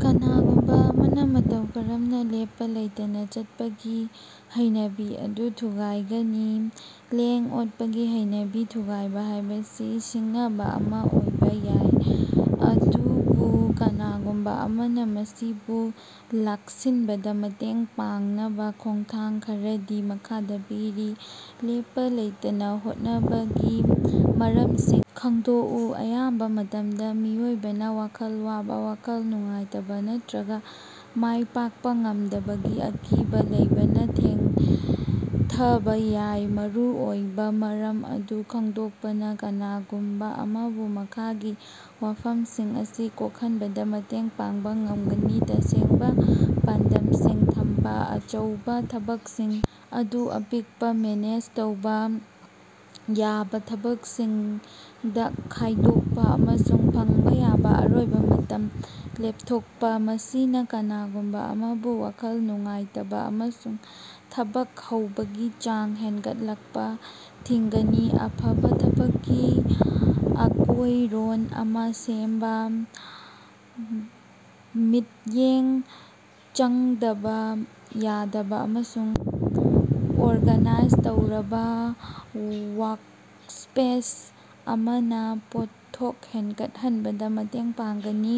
ꯀꯅꯥꯒꯨꯝꯕꯥ ꯑꯃꯅꯥ ꯃꯇꯧ ꯀꯔꯝꯅꯥ ꯂꯦꯞꯄ ꯂꯩꯇꯅ ꯆꯠꯄꯒꯤ ꯍꯩꯅꯕꯤ ꯑꯗꯨ ꯊꯨꯒꯥꯏꯒꯅꯤ? ꯂꯦꯡ-ꯑꯣꯠꯄꯒꯤ ꯍꯩꯅꯕꯤ ꯊꯨꯒꯥꯏꯕ ꯍꯥꯏꯕꯁꯤ ꯁꯤꯡꯅꯕ ꯑꯃꯥ ꯑꯣꯏꯕ ꯌꯥꯏ, ꯑꯗꯨꯕꯨ ꯀꯅꯥꯒꯨꯝꯕ ꯑꯃꯅꯥ ꯃꯁꯤꯕꯨ ꯂꯥꯛꯁꯤꯟꯕꯗ ꯃꯇꯦꯡ ꯄꯥꯡꯅꯕ ꯈꯣꯡꯊꯥꯡ ꯈꯔꯗꯤ ꯃꯈꯥꯗꯥ ꯄꯤꯔꯤ: ꯂꯦꯞꯄꯥ ꯂꯩꯇꯅ ꯍꯣꯠꯅꯕꯒꯤ ꯃꯔꯝꯁꯤꯡ ꯈꯪꯗꯣꯛꯎ: ꯑꯌꯥꯝꯕ ꯃꯇꯝꯗ ꯃꯤꯑꯣꯏꯕꯅ ꯋꯥꯈꯜ ꯋꯥꯕ, ꯋꯥꯈꯜ ꯅꯨꯡꯉꯥꯏꯇꯕ ꯅꯠꯇꯔꯒ ꯃꯥꯏꯄꯥꯛꯄ ꯉꯝꯗꯕꯒꯤ ꯑꯀꯤꯕ ꯂꯩꯕꯅ ꯊꯦꯡꯊꯕꯥ ꯌꯥꯏ꯫ ꯃꯔꯨꯑꯣꯏꯕ ꯃꯔꯝ ꯑꯗꯨ ꯈꯪꯗꯣꯛꯄꯅꯥ ꯀꯅꯥꯒꯨꯝꯕ ꯑꯃꯕꯨ ꯃꯈꯥꯒꯤ ꯋꯥꯐꯝꯁꯤꯡ ꯑꯁꯤ ꯀꯣꯛꯍꯟꯕꯗ ꯃꯇꯦꯡ ꯄꯥꯡꯕ ꯉꯝꯒꯅꯤ꯫ ꯇꯁꯦꯡꯕꯥ ꯄꯥꯟꯗꯝꯁꯤꯡ ꯊꯝꯕ: ꯑꯆꯧꯕ ꯊꯕꯛꯁꯤꯡ ꯑꯗꯨ ꯑꯄꯤꯛꯄ, ꯃꯦꯅꯦꯖ ꯇꯧꯕ ꯌꯥꯕꯥ ꯊꯕꯛꯁꯤꯡꯗ ꯈꯥꯏꯗꯣꯛꯄꯥ ꯑꯃꯁꯨꯡ ꯐꯪꯕ ꯌꯥꯕ ꯑꯔꯣꯏꯕ ꯃꯇꯝ ꯂꯦꯞꯊꯣꯛꯄꯥ꯫ ꯃꯁꯤꯅ ꯀꯅꯥꯒꯨꯝꯕ ꯑꯃꯕꯨ ꯋꯥꯈꯜ ꯅꯨꯡꯉꯥꯏꯇꯕ ꯑꯃꯁꯨꯡ ꯊꯕꯛ ꯍꯧꯕꯒꯤ ꯆꯥꯡ ꯍꯦꯟꯒꯠꯂꯛꯄꯥ ꯊꯤꯡꯒꯅꯤ꯫ ꯑꯐꯕꯥ ꯊꯕꯛꯀꯤ ꯑꯀꯣꯏꯔꯣꯟ ꯑꯃꯥ ꯁꯦꯝꯕ: ꯃꯤꯠꯌꯦꯡ ꯆꯪꯗꯕ ꯌꯥꯗꯕ ꯑꯃꯁꯨꯡ ꯑꯣꯔꯒꯥꯅꯥꯏꯖ ꯇꯧꯔꯕ ꯋꯥꯔꯛꯁ꯭ꯄꯦꯁ ꯑꯃꯅ ꯄꯣꯠꯊꯣꯛ ꯍꯦꯟꯒꯠꯍꯟꯕꯗꯥ ꯃꯇꯦꯡ ꯄꯥꯡꯒꯅꯤ꯫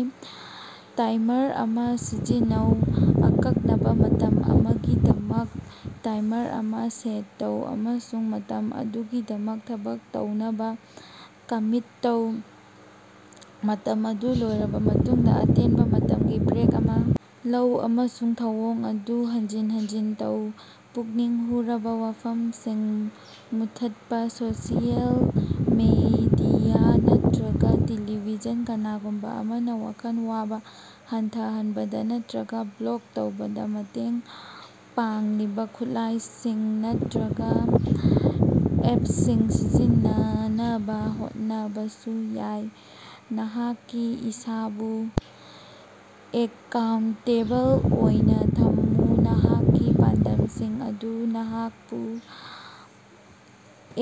ꯇꯥꯏꯃꯔ ꯑꯃꯥ ꯁꯤꯖꯤꯟꯅꯧ: ꯑꯀꯛꯅꯕꯥ ꯃꯇꯝ ꯑꯃꯒꯤꯗꯃꯛ ꯇꯥꯏꯃꯔ ꯑꯃꯥ ꯁꯦꯠ ꯇꯧ ꯑꯃꯁꯨꯡ ꯃꯇꯝ ꯑꯗꯨꯒꯤꯗꯃꯛ ꯊꯕꯛ ꯇꯧꯅꯕꯥ ꯀꯃꯤꯠ ꯇꯧ꯫ ꯃꯇꯝ ꯑꯗꯨ ꯂꯣꯏꯔꯕ ꯃꯇꯨꯡꯗ, ꯑꯇꯦꯟꯕ ꯃꯇꯝꯒꯤ ꯕ꯭ꯔꯦꯛ ꯑꯃꯥ ꯂꯧ ꯑꯃꯁꯨꯡ ꯊꯧꯑꯣꯡ ꯑꯗꯨ ꯍꯟꯖꯤꯟ ꯍꯟꯖꯤꯟ ꯇꯧ꯫ ꯄꯨꯛꯅꯤꯡ ꯍꯨꯔꯕ ꯋꯥꯐꯝꯁꯤꯡ ꯃꯨꯠꯊꯠꯄꯥ: ꯁꯣꯁꯤꯌꯦꯜ ꯃꯤꯗꯤꯌꯥ ꯅꯠꯇꯔꯒ ꯇ‌ꯦꯂꯤꯚꯤꯖꯟ ꯀꯅꯥꯒꯨꯝꯕ ꯑꯃꯅ ꯋꯥꯈꯜ ꯋꯥꯕ ꯍꯟꯊꯍꯟꯕꯗ ꯅꯠꯇꯔꯒ ꯕ꯭ꯂꯣꯛ ꯇꯧꯕꯗ ꯃꯇꯦꯡ ꯄꯥꯡꯂꯤꯕ ꯈꯨꯠꯂꯥꯏꯁꯤꯡ ꯅꯠꯇꯔꯒ ꯑꯦꯞꯁꯤꯡ ꯁꯤꯖꯤꯟꯅꯅꯕ ꯍꯣꯠꯅꯕꯁꯨ ꯌꯥꯏ꯫ ꯅꯍꯥꯛꯀꯤ ꯏꯁꯥꯕꯨ ꯑꯦꯀꯥꯎꯟꯇꯦꯕꯜ ꯑꯣꯏꯅ ꯊꯝꯃꯨ: ꯅꯍꯥꯛꯀꯤ ꯄꯥꯟꯗꯝꯁꯤꯡ ꯑꯗꯨ ꯅꯍꯥꯛꯄꯨ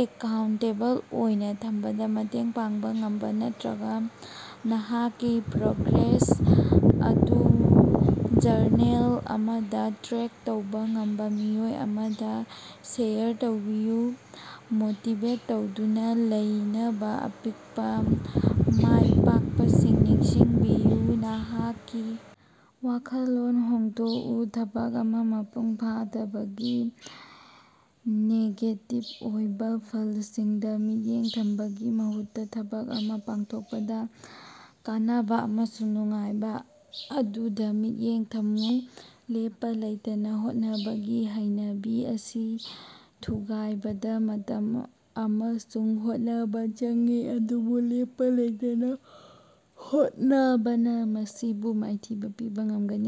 ꯑꯦꯀꯥꯎꯟꯇꯦꯕꯜ ꯑꯣꯏꯅ ꯊꯝꯕꯗꯥ ꯃꯇꯦꯡ ꯄꯥꯡꯕ ꯉꯝꯕꯥ ꯅꯠꯇꯔꯒ ꯅꯍꯥꯛꯀꯤ ꯄ꯭ꯔꯣꯒ꯭ꯔꯦꯁ ꯑꯗꯨ ꯖꯔꯅꯦꯜ ꯑꯃꯗꯥ ꯇ꯭ꯔꯦꯛ ꯇꯧꯕꯥ ꯉꯝꯕ ꯃꯤꯑꯣꯏ ꯑꯃꯗ ꯁꯦꯌꯔ ꯇꯧꯕꯤꯌꯨ꯫ ꯃꯣꯇꯤꯕꯦꯠ ꯇꯧꯗꯨꯅ ꯂꯩꯅꯕ ꯑꯄꯤꯛꯄ ꯃꯥꯏꯄꯥꯛꯄꯁꯤꯡ ꯅꯤꯡꯁꯤꯡꯕꯤꯌꯨ꯫ ꯅꯍꯥꯛꯀꯤ ꯋꯥꯈꯜꯂꯣꯟ ꯍꯣꯡꯗꯣꯛꯎ: ꯊꯕꯛ ꯑꯃꯥ ꯃꯄꯨꯡ ꯐꯥꯗꯕꯒꯤ ꯅꯦꯒꯦꯇꯤꯚ ꯑꯣꯏꯕ ꯐꯜꯁꯤꯡꯗ ꯃꯤꯠꯌꯦꯡ ꯊꯝꯕꯒꯤ ꯃꯍꯨꯠꯇ, ꯊꯕꯛ ꯑꯃꯥ ꯄꯥꯡꯊꯣꯛꯄꯗ ꯀꯥꯟꯅꯕ ꯑꯃꯁꯨꯡ ꯅꯨꯡꯉꯥꯏꯕ ꯑꯗꯨꯗ ꯃꯤꯠꯌꯦꯡ ꯊꯝꯃꯨ꯫ ꯂꯦꯞꯄ ꯂꯩꯇꯅꯥ ꯍꯣꯠꯅꯕꯒꯤ ꯍꯩꯅꯕꯤ ꯑꯁꯤ ꯊꯨꯒꯥꯏꯕꯗ ꯃꯇꯝ ꯑꯃꯁꯨꯡ ꯍꯣꯠꯅꯕꯥ ꯆꯪꯏ, ꯑꯗꯨꯕꯨ ꯂꯦꯞꯄꯥ ꯂꯩꯇꯅꯥ ꯍꯣꯠꯅꯕꯅ ꯃꯁꯤꯕꯨ ꯃꯥꯏꯊꯤꯕꯥ ꯄꯤꯕꯥ ꯉꯝꯒꯅꯤ꯫